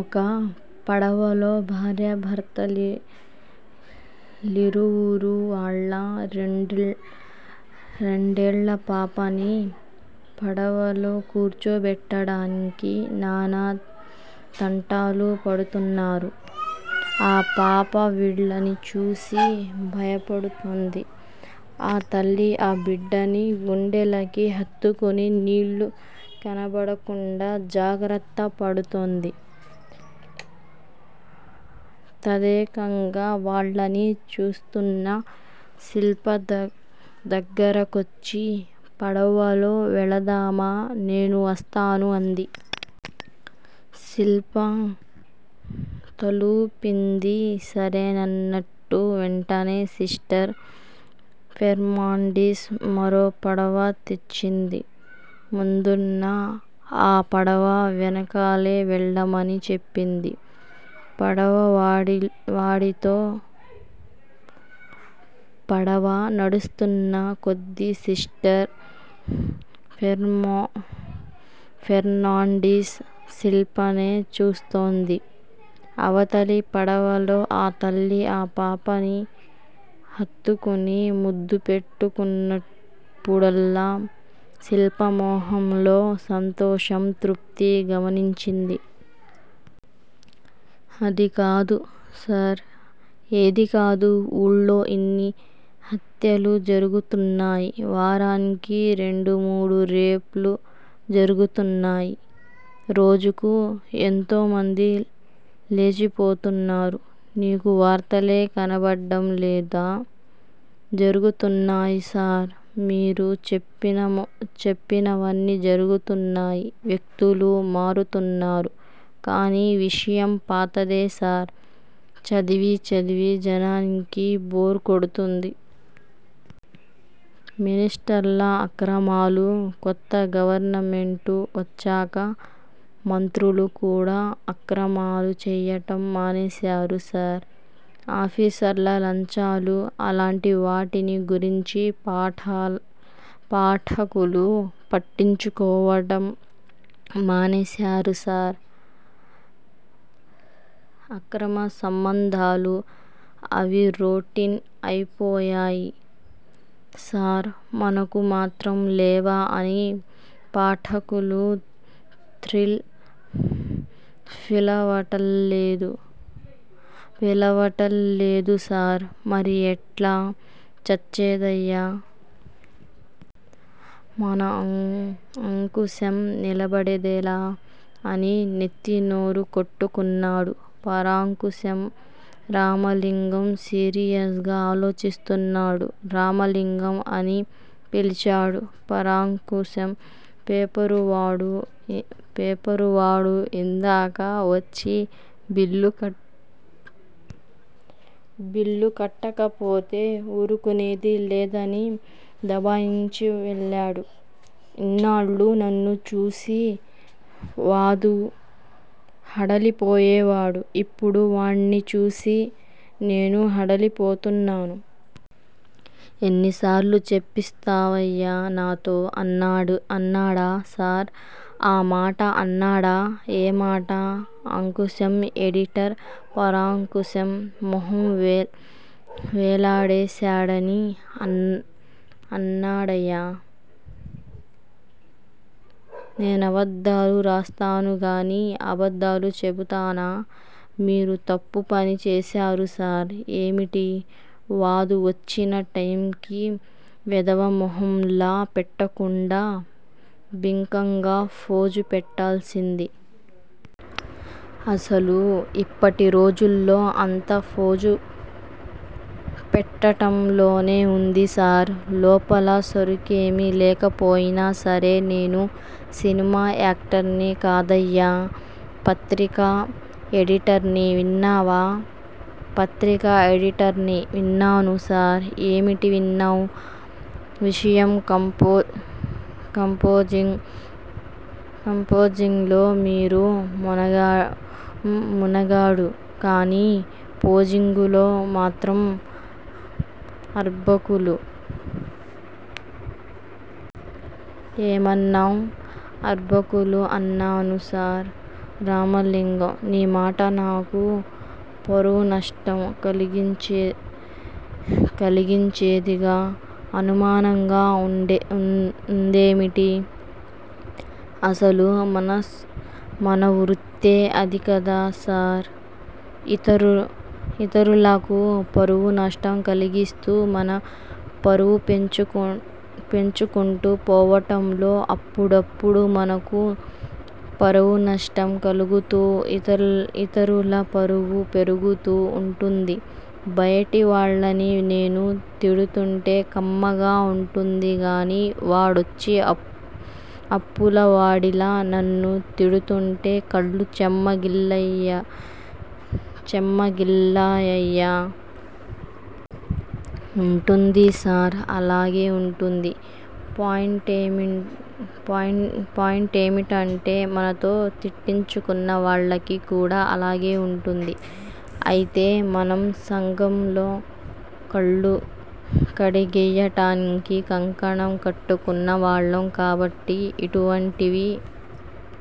ఒక పడవలో భార్యాభర్తలిరువురూ, వాళ్ళ రెండేళ్ళపాపని పడవలో కూర్చోబెట్టడానికి, నానా తంటాలు పడుతున్నారు. ఆ పాప వీళ్ళని చూసి భయపడుతోంది. ఆ తల్లి ఆ బిడ్డని గుండెలకి హత్తుకుని నీళ్ళు కనబడకుండా జాగ్రత్త పడుతోంది. తదేకంగా వాళ్ళని చూస్తున్న శిల్ప దగ్గరకొచ్చి, 'పడవలో వెళదామా నేనూ వస్తాను' అంది. శిల్ప తలూపింది సరేనన్నట్టు. వెంటనే సిస్టర్ ఫెర్మండిస్ మరో పడవ తెప్పించి ముందున్న ఆ పడవ వెనకాలే వెళ్ళమని చెప్పింది పడవ వాడితో. పడవ నడుస్తున్న కొద్దీ సిస్టర్ ఫెర్నాండిస్ శిల్పనే చూస్తోంది. అవతలి పడవలో ఆ తల్లి ఆ పాపని హత్తుకుని ముద్దు పెట్టుకున్నప్పుడల్లా, శిల్ప మొహంలో సంతోషం, తృప్తి గమనించింది. అదికాదు సర్ ఏదికాదు? ఊళ్ళో ఇన్ని హత్యలు జరుగుతున్నాయి, వారానికి రెండు మూడు రేప్ లు జరుగుతున్నాయి! రోజుకు యెంతోమంది లేచిపోతున్నారు, నీకు వార్తలే కనబడ్డం లేదా? జరుగుతున్నాయి సార్! మీరు చెప్పినవన్నీ జరుగుతున్నాయి. వ్యక్తులు మారుతున్నారు కాని, విషయం పాతదే సార్! చదివీ చదివి జనానికి బోర్ కొడుతుంది. మినిష్టర్ల అక్రమాలు కొత్త గవర్నమెంటు వచ్చాక మంత్రులుకూడా అక్రమాలు చెయ్యటం మానేశారు సర్! ఆఫీసర్ల లంచాలు? అలాంటివాటిని గురించి పాఠకులు పట్టించుకోవటం మానేశారు సార్! అక్రమ సంబంధాలు? అవి రొటీన్ అయిపోయాయి సార్! మనకు మాత్రం లేవా అని పాఠకులు థ్రిల్ ఫీలవటల్లేదు సార్ మరి ఎట్లా చచ్చేదయ్యా? మన అంకుశం నిలబడేదెలా? అని నెత్తీ నోరు కొట్టుకున్నాడు పరాంకుశం. రామలింగం సీరియస్ గా ఆలోచిస్తున్నాడు. రామలింగం అని పిలిచాడు పరాంకుశం. పేపరువాడు యిందాక వచ్చి బిల్లు కట్టకపోతే ఊరుకునేది లేదని దబాయించి వెళ్ళాడు. ఇన్నాళ్ళూ నన్ను చూసి వాదు హడలిపోయేవాడు. ఇప్పుడు వాడ్నిచూసి నేను హడలిపోతున్నాను. ఎన్నిసార్లు చెప్పిస్తావయ్యా నాతో? అన్నాడా సార్? ఆ మాట అన్నాడా? ఏ మాట? అంకుశం ఎడిటర్ పరాంకుశం మొహం వేలాడేశాడని. అన్నాడయ్యా! నేనబద్దాలు రాస్తానుగానీ, అబద్దాలు చెబుతానా? మీరు తప్పుపని చేశారు సార్ ఏమిటి? వాదు వచ్చిన టైంకి వెధవమొహంలా పెట్టకుండా బింకంగా ఫోజు పెట్టాల్సింది. అసలు యిప్పటిరోజుల్లో అంతా ఫోజు పెట్టటంలోనే వుంది సార్! లోపల సరుకేమీ లేకపోయినా సరే నేను సినిమా యాక్టర్ని కాదయ్యా! పత్రికా ఎడిటర్ని విన్నావా? పత్రికా ఎడిటర్ని. విన్నాను సార్! ఏమిటి విన్నావు? విషయం కంపోజింగ్ లో మీరు మొనగాడు కాని పోజింగులో మాత్రం అర్భకులు. ఏమన్నావు? అర్భకులు అన్నాను సార్. రామలింగం! నీమాట నాకు పరువునష్టం కలిగించేదిగా అనుమానంగా వుందేమిటి? అసలు మనవృత్తే అదికదా సార్! ఇతరులకు పరువు నష్టం కలిగిస్తూ మన పరువు పెంచుకుంటూ పోవటంలో, అప్పుడప్పుడు మనకు పరువునష్టం కలుగుతూ యితరుల పరువు పెరుగుతూ వుంటుంది. బయటివాళ్ళని నేను తిడుతుంటే కమ్మగా వుంటుందిగానీ, వాడొచ్చి అప్పులవాడిలా నన్ను తిడుతుంటే కళ్ళు చెమ్మగిల్లాయయ్యా. ఉంటుంది సార్! అలాగే వుంటుంది. పాయింటేమిటంటే మనతో తిట్టించుకున్నవాళ్ళకి కూడా అలాగే వుంటుంది. అయితే మనం సంఘంలో కుళ్ళు కడిగెయ్యటానికి కంకణం కట్టుకున్నవాళ్ళం కాబట్టి యిటువంటివి